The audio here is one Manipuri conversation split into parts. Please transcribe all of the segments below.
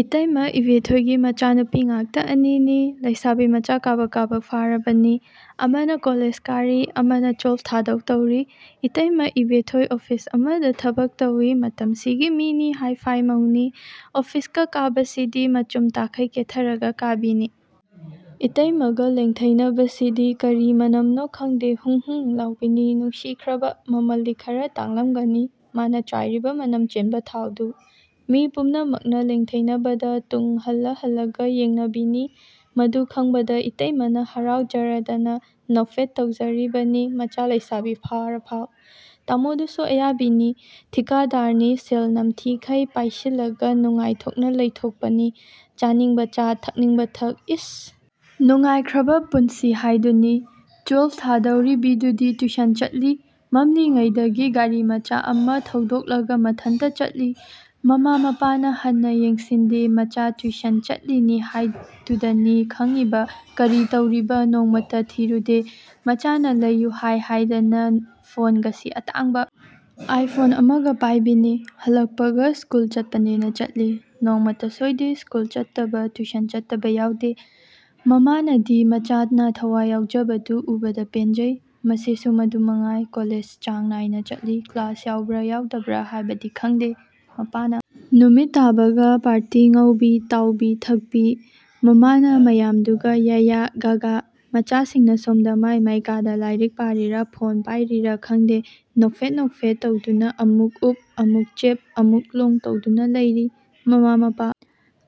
ꯏꯇꯩꯃ ꯏꯕꯦꯊꯣꯏꯒꯤ ꯃꯆꯥꯅꯨꯄꯤ ꯉꯥꯛꯇ ꯑꯅꯤꯅꯤ꯫ ꯂꯩꯁꯥꯕꯤ ꯃꯆꯥ ꯀꯥꯕꯛ ꯀꯥꯕꯛ ꯐꯥꯔꯕꯅꯤ꯫ ꯑꯃꯅ ꯀꯣꯂꯦꯖ ꯀꯥꯔꯤ ꯑꯃꯅ ꯇꯨꯌꯦꯜꯐ ꯊꯥꯗꯧ ꯇꯧꯔꯤ꯫ ꯏꯇꯩꯃ ꯏꯕꯦꯊꯣꯏ ꯑꯣꯐꯤꯁ ꯑꯃꯗ ꯊꯕꯛ ꯇꯧꯏ ꯃꯇꯝꯁꯤꯒꯤ ꯃꯤꯅꯤ ꯍꯥꯏ-ꯐꯥꯏ ꯃꯧꯅꯤ꯫ ꯑꯣꯐꯤꯁꯀ ꯀꯥꯕꯁꯤꯗꯤ ꯃꯆꯨꯝ ꯇꯥꯈꯩ ꯀꯦꯊꯔꯒ ꯀꯥꯕꯤꯅꯤ꯫ ꯏꯇꯩꯃꯒ ꯂꯦꯡꯊꯩꯅꯕꯁꯤꯗꯤ ꯀꯔꯤ ꯃꯅꯝꯅꯣ ꯈꯪꯗꯦ ꯍꯨꯡ ꯍꯨꯡ ꯂꯥꯎꯕꯤꯅꯤ ꯅꯨꯡꯁꯤꯈ꯭ꯔꯕ ꯃꯃꯜꯗꯤ ꯈꯔ ꯇꯥꯡꯂꯝꯒꯅꯤ ꯃꯥꯅ ꯆꯥꯏꯔꯤꯕ ꯃꯅꯝ ꯆꯦꯟꯕ ꯊꯥꯎꯗꯨ꯫ ꯃꯤ ꯄꯨꯝꯅꯃꯛꯅ ꯂꯦꯡꯊꯩꯅꯕꯗ ꯇꯨꯡ ꯍꯜꯂ ꯍꯜꯂꯒ ꯌꯦꯡꯅꯕꯤꯅꯤ꯫ ꯃꯗꯨ ꯈꯪꯕꯗ ꯏꯇꯩꯃꯅ ꯍꯔꯥꯎꯖꯔꯗꯅ ꯅꯣꯛꯐꯦꯠ ꯇꯧꯖꯔꯤꯕꯅꯤ ꯃꯆꯥ ꯂꯩꯁꯥꯕꯤ ꯐꯥꯔꯐꯥꯎ꯫ ꯇꯥꯃꯣꯗꯨꯁꯨ ꯑꯌꯥꯕꯤꯅꯤ꯫ ꯊꯤꯀꯥꯗꯥꯔꯅꯤ ꯁꯦꯜ ꯅꯝꯊꯤꯈꯩ ꯄꯥꯏꯁꯤꯜꯂꯒ ꯅꯨꯉꯥꯢꯊꯣꯛꯅ ꯂꯩꯊꯣꯛꯄꯅꯤ꯫ ꯆꯥꯅꯤꯡꯕ ꯆꯥ ꯊꯛꯅꯤꯡꯕ ꯊꯥꯛ ꯏꯁ! ꯅꯨꯡꯉꯥꯏꯈ꯭ꯔꯕ ꯄꯨꯟꯁꯤ ꯍꯥꯏꯗꯨꯅꯤ꯫ ꯇꯨꯌꯦꯜꯐ ꯊꯥꯗꯧꯔꯤꯕꯤꯗꯨꯗꯤ ꯇ꯭ꯌꯨꯁꯟ ꯆꯠꯂꯤ꯫ ꯃꯝꯂꯤꯉꯩꯗꯒꯤ ꯒꯥꯔꯤ ꯃꯆꯥ ꯑꯃ ꯊꯧꯗꯣꯛꯂꯒ ꯃꯊꯟꯇ ꯆꯠꯂꯤ꯫ ꯃꯃꯥ ꯃꯄꯥꯅ ꯍꯟꯅ ꯌꯦꯡꯁꯤꯟꯗꯦ ꯃꯆꯥ ꯇ꯭ꯌꯨꯁꯟ ꯆꯠꯂꯤꯅꯤ ꯍꯥꯏꯗꯨꯗꯅꯤ ꯈꯪꯏꯕ ꯀꯔꯤ ꯇꯧꯔꯤꯕ ꯅꯣꯡꯃꯇ ꯊꯤꯔꯨꯗꯦ꯫ ꯃꯆꯥꯅ ꯂꯩꯌꯨ ꯍꯥꯏ ꯍꯥꯏꯗꯅ ꯐꯣꯟꯒꯁꯤ ꯑꯇꯥꯡꯕ ꯑꯥꯏ ꯐꯣꯟ ꯑꯃꯒ ꯄꯥꯏꯕꯤꯅꯤ꯫ ꯍꯜꯂꯛꯄꯒ ꯁ꯭ꯀꯨꯜ ꯆꯠꯄꯅꯦꯅ ꯆꯤꯂꯤ꯫ ꯅꯣꯡꯃꯇ ꯁꯣꯏꯗꯦ ꯁ꯭ꯀꯨꯜ ꯆꯠꯇꯕ ꯇ꯭ꯌꯨꯁꯟ ꯆꯠꯇꯕ ꯌꯥꯎꯗꯦ꯫ ꯃꯃꯥꯅꯗꯤ ꯃꯆꯥꯅ ꯊꯋꯥꯏ ꯌꯥꯎꯖꯕꯗꯨ ꯎꯕꯗ ꯄꯦꯟꯖꯩ꯫ ꯃꯆꯦꯁꯨ ꯑꯗꯨꯃꯉꯥꯏ ꯀꯣꯂꯦꯖ ꯆꯥꯡ ꯅꯥꯏꯅ ꯆꯠꯂꯤ ꯀ꯭ꯂꯥꯁ ꯌꯥꯎꯕ꯭ꯔ ꯌꯥꯎꯗꯕ꯭ꯔ ꯍꯥꯏꯕꯗꯤ ꯈꯪꯗꯦ꯫ ꯃꯄꯥꯅ ꯅꯨꯃꯤꯠ ꯇꯥꯕꯒ ꯄꯥꯔꯇꯤ ꯉꯧꯕꯤ ꯇꯥꯎꯕꯤ ꯊꯛꯄꯤ꯫ ꯃꯃꯥꯅ ꯃꯌꯥꯝꯗꯨꯒ ꯌꯥ-ꯌꯥ ꯒꯥ-ꯒꯥ꯫ ꯃꯆꯥꯁꯤꯡꯅ ꯁꯣꯝꯗ ꯃꯥꯏ ꯃꯥꯏ ꯀꯥꯗ ꯂꯥꯏꯔꯤꯛ ꯄꯥꯔꯤꯔ ꯐꯣꯟ ꯄꯥꯔꯤꯔ ꯈꯪꯗꯦ ꯅꯣꯛꯐꯦꯠ ꯅꯣꯛꯐꯦꯠ ꯇꯧꯗꯨꯅ ꯑꯃꯨꯛ ꯎꯞ ꯑꯃꯨꯛ ꯆꯦꯞ ꯑꯃꯨꯛ ꯂꯣꯡ ꯇꯧꯗꯨꯅ ꯂꯩꯔꯤ꯫ ꯃꯃꯥ ꯃꯄꯥ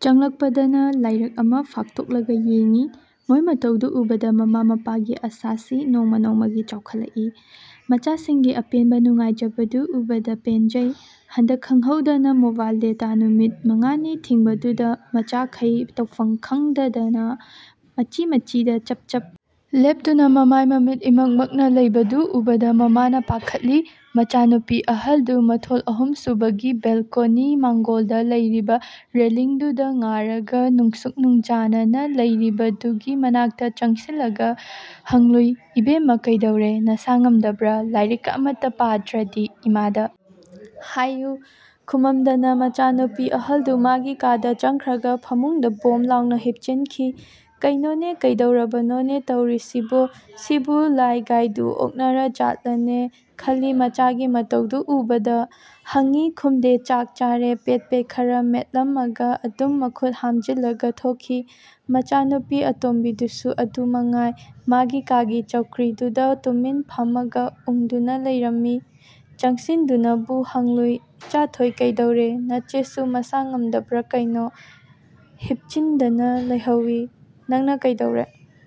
ꯆꯪꯂꯛꯄꯗꯅ ꯂꯥꯏꯔꯛ ꯑꯃ ꯐꯥꯛꯇꯣꯛꯂꯒ ꯌꯦꯡꯏ꯫ ꯃꯣꯏ ꯃꯇꯧꯗꯨ ꯎꯕꯗ ꯃꯃꯥ ꯃꯄꯥꯒꯤ ꯑꯥꯁꯥꯁꯤ ꯅꯣꯡꯃ ꯅꯣꯡꯃꯒꯤ ꯆꯥꯎꯈꯠꯂꯛꯏ꯫ ꯃꯆꯥꯁꯤꯡꯒꯤ ꯑꯄꯦꯟꯕ ꯅꯨꯡꯉꯥꯏꯖꯕꯗꯨ ꯎꯕꯗ ꯄꯦꯟꯖꯩ꯫ ꯍꯟꯗꯛ ꯈꯪꯍꯧꯗꯅ ꯃꯣꯕꯥꯏꯜ ꯗꯦꯇꯥ ꯅꯨꯃꯤꯠ ꯃꯉꯥꯅꯤ ꯊꯤꯡꯕꯗꯨꯗ ꯃꯆꯥꯈꯩ ꯇꯧꯐꯝ ꯈꯪꯗꯗꯅ ꯃꯆꯤ ꯃꯆꯤꯗ ꯆꯞ ꯆꯞ ꯂꯦꯞꯇꯨꯅ ꯃꯃꯥꯏ ꯃꯃꯤꯠ ꯏꯃꯛ ꯃꯛꯅ ꯂꯩꯕꯗꯨ ꯎꯕꯗ ꯃꯃꯥꯅ ꯄꯥꯈꯠꯂꯤ꯫ ꯃꯆꯥ ꯅꯨꯄꯤ ꯑꯍꯜꯗꯨ ꯃꯊꯣꯜ ꯑꯍꯨꯝꯁꯨꯕꯒꯤ ꯕꯦꯜꯀꯣꯅꯤ ꯃꯥꯡꯒꯣꯜꯗ ꯂꯩꯔꯤꯕ ꯔꯦꯂꯤꯡꯗꯨꯗ ꯉꯥꯔꯒ ꯅꯨꯡꯁꯨꯛ ꯅꯨꯡꯖꯥꯅꯅ ꯂꯩꯔꯤꯕꯗꯨꯒꯤ ꯃꯅꯥꯛꯇ ꯆꯪꯁꯤꯜꯂꯒ ꯍꯪꯂꯨꯏ ꯏꯕꯦꯝꯃ ꯀꯩꯗꯧꯔꯦ ꯅꯁꯥ ꯉꯝꯗꯕ꯭ꯔ ꯂꯥꯏꯔꯤꯛꯀ ꯑꯃꯠꯇ ꯄꯥꯗ꯭ꯔꯗꯤ ꯏꯃꯥꯗ ꯍꯥꯏꯌꯨ꯫ꯈꯨꯝꯃꯝꯗꯅ ꯃꯆꯥꯅꯨꯄꯤ ꯑꯍꯜꯗꯨ ꯃꯥꯒꯤ ꯀꯥꯗ ꯆꯪꯈ꯭ꯔꯒ ꯐꯃꯨꯡꯗ ꯕꯣꯝ ꯂꯥꯎꯅ ꯍꯤꯞꯆꯤꯟꯈꯤ꯫ ꯀꯩꯅꯣꯅꯦ ꯀꯩꯗꯧꯔꯕꯅꯣꯅꯦ ꯇꯧꯔꯤꯁꯤꯕꯣ ꯁꯤꯕꯨ ꯂꯥꯏꯒꯥꯏꯗꯨ ꯑꯣꯛꯅꯔꯖꯥꯠꯂꯅꯦ ꯈꯜꯂꯤ ꯃꯆꯥꯒꯤ ꯃꯇꯧꯗꯨ ꯎꯕꯗ ꯍꯪꯏ ꯈꯨꯝꯗꯦ ꯆꯥꯛ ꯆꯥꯔꯦ ꯄꯦꯠ ꯄꯦꯠ ꯈꯔ ꯃꯦꯠꯂꯝꯃꯒ ꯑꯗꯨꯝ ꯃꯈꯨꯠ ꯍꯥꯝꯖꯤꯜꯂꯒ ꯊꯣꯛꯈꯤ꯫ ꯃꯆꯥꯅꯨꯄꯤ ꯑꯇꯣꯟꯕꯤꯗꯨꯁꯨ ꯑꯗꯨ ꯃꯉꯥꯏ ꯃꯥꯒꯤ ꯀꯥꯒꯤ ꯆꯧꯀ꯭ꯔꯤꯗꯨꯗ ꯇꯨꯃꯤꯟ ꯐꯝꯃꯒ ꯎꯪꯗꯨꯅ ꯂꯩꯔꯝꯃꯤ꯫ ꯆꯪꯁꯤꯟꯗꯨꯅꯕꯨ ꯍꯪꯂꯨꯏ ꯏꯆꯥꯊꯣꯏ ꯀꯩꯗꯧꯔꯦ ꯅꯆꯦꯁꯨ ꯃꯁꯥ ꯉꯝꯗꯕ꯭ꯔ ꯀꯩꯅꯣ ꯍꯤꯞꯆꯤꯟꯗꯅ ꯂꯩꯍꯧꯏ꯫ ꯅꯪꯅ ꯀꯩꯗꯧꯔꯦ?